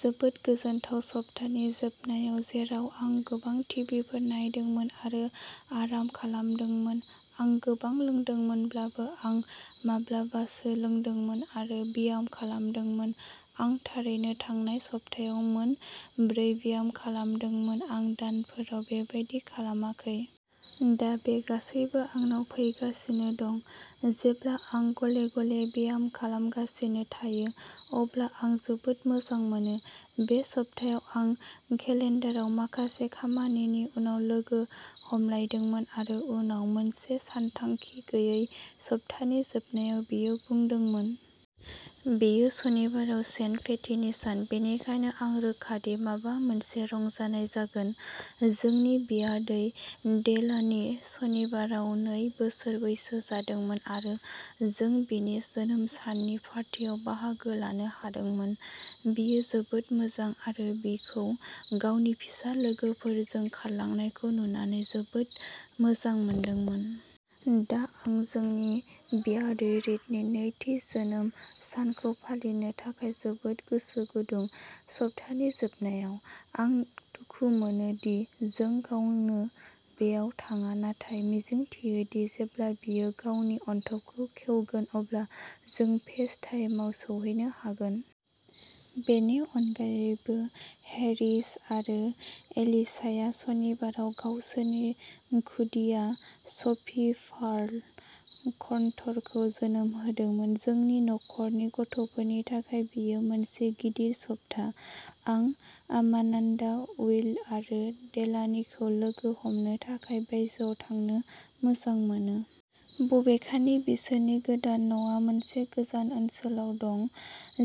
जोबोद गोजोनथाव सप्तानि जोबनायाव, जेराव आं गोबां टिभिफोर नायदोंमोन आरो आराम खालामदोंमोन। आं गोबां लोंदोंमोनब्लाबो, आं माब्लाबासो लोंदोंमोन आरो ब्याम खालामदोंमोन। आं थारैनो थांनाय सप्तायाव मोन ब्रै ब्याम खालामदोंमोन। आं दानफोराव बेबादि खालामाखै। दा बे गासैबो आंनाव फैगासिनो दं। जेब्ला आं गले गले ब्याम खालामगासिनो थायो, अब्ला आं जोबोद मोजां मोनो। बे सप्तायाव आं केलेनदाराव माखासे खामानिनि उनाव लोगो हमलायदोंमोन आरो उनाव मोनसे सानथांखि गैयै सप्तानि जोबनायाव बियो बुंदोंमोन। बेयो सनिबाराव सेन्ट पेटिनि सान। बेनिखायनो आं रोखा दि माबा मोनसे रंजानाय जागोन। जोंनि बियादै, डेलानी, सनिबाराव नै बोसोर बैसो जादोंमोन आरो जों बिनि जोनोम साननि पार्टियाव बाहागो लानो हादोंमोन। बियो जोबोद मोजां आरो बिखौ गावनि फिसा लोगोफोरजों खारलांनायखौ नुनानै जोबोद मोजां मोनदोंमोन। दा आं जोंनि बियादै रिदनि नैथि जोनोम सानखौ फालिनो थाखाय जोबोद गोसो गुदुं। सप्तानि जोबनायाव। आं दुखु मोनो दि जों गावनो बेयाव थाङा, नाथाय मिजिंथियोदि जेब्ला बियो गावनि अनथोबखौ खेवगोन अब्ला जों फेस टाइमआव सौहैनो हागोन। बेनि अनगायैबो, हेरिस आरो एलिसाया सनिबाराव गावसोरनि खुदिया, सफी पार्ल कनटरखौ जोनोम होदोंमोन। जोंनि नखरनि गथ'फोरनि थाखाय बेयो मोनसे गिदिर सप्ता। आं आमान्डा, उइल आरो डेलानीखौ लोगो हमनो थाखाय बायजोआव थांनो मोजां मोनो। बबेखानि, बिसोरनि गोदान न'आ मोनसे गोजान ओनसोलाव दं।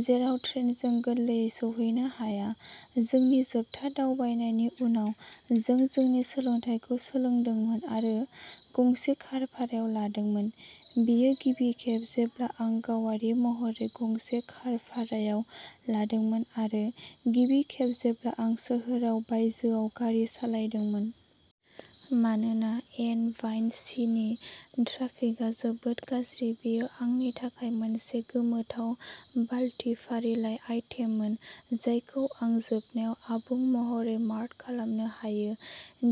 जेराव ट्रेनजों गोरलैयै सौहैनो हाया। जोंनि जोबथा दावबायनायनि उनाव, जों जोंनि सोलोंथायखौ सोलोंदोंमोन आरो गंसे कार भारायाव लादोंमोन। बेयो गिबि खेब जेब्ला आं गावारि महरै गंसे कार भारायाव लादोंमोन आरो गिबि खेब जेब्ला आं सोहोराव बायजोआव गारि सालायदोंमोन। मानोना एन वाइ सि नि ट्राफिकआ जोबोद गाज्रि। बेयो आंनि थाखाय मोनसे गोमोथाव बालति फारिलाइ आइटेममोन जायखौ आं जोबनायाव आबुं महरै मार्क खालामनो हायो।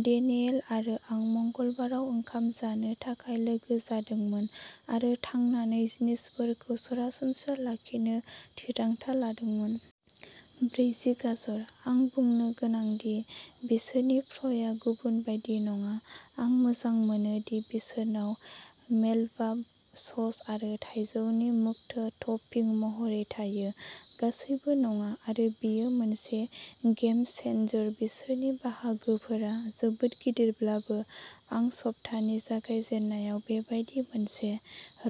डेनियेल आरो आं मंगलबाराव ओंखाम जानो थाखाय लोगो जादोंमोन आरो थांनानै जिनिसफोरखौ सरासनस्रा लाखिनो थिरांथा लादोंमोन। ब्रैजि गाजर। आं बुंनो गोनां दि, बिसोरनि फ्रयआ गुबुन बायदि नङा। आं मोजां मोनो दि बिसोरनाव मेलबा सस आरो थाइजौनि मुक्ता टपिं महरै थायो। गासैबो नङा, आरो बेयो मोनसे गेम चेनजार। बिसोरनि बाहागोफोरा जोबोद गिदिरब्लाबो, आं सप्तानि जागायजेननायाव बेबादि मोनसे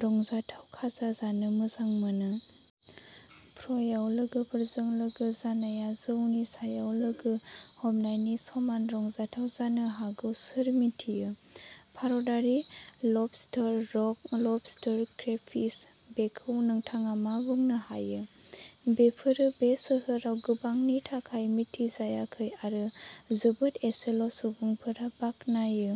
रंजाथाव खाजा जानो मोजां मोनो। फ्रयआव लोगोफोरजों लोगो जानाया जौनि सायाव लोगो हमनायनि समान रंजाथाव जानो हागौ सोर मिथियो? भारतारि लबस्टार, रक लबस्टार, क्रेफिश, बेखौ नोंथाङा मा बुंनो हायो? बेफोरो बे सोहोराव गोबांनि थाखाय मिथिजायाखै, आरो जोबोद एसेल' सुबुंफोरा बाख्नायो।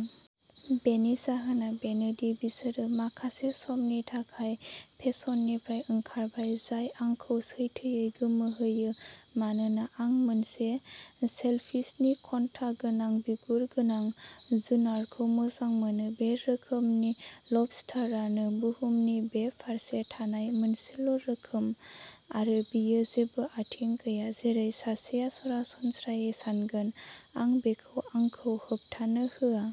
बेनि जाहोना बेनो दि बिसोरो माखासे समनि थाखाय फेसननिफ्राय ओंखारबाय, जाय आंखौ सैथोयै गोमोहोयो, मानोना आं मोनसे सेलफिसनि कनथा गोनां, बिगुर गोनां, जुनारखौ मोजां मोनो। बे रोखोमनि लबस्टारानो बुहुमनि बे फारसे थानाय मोनसेल' रोखोम, आरो बेयो जेबो आथिं गैया जेरै सासेआ सरासनस्रायै सानगोन। आं बेखौ आंखौ होबथानो होआ।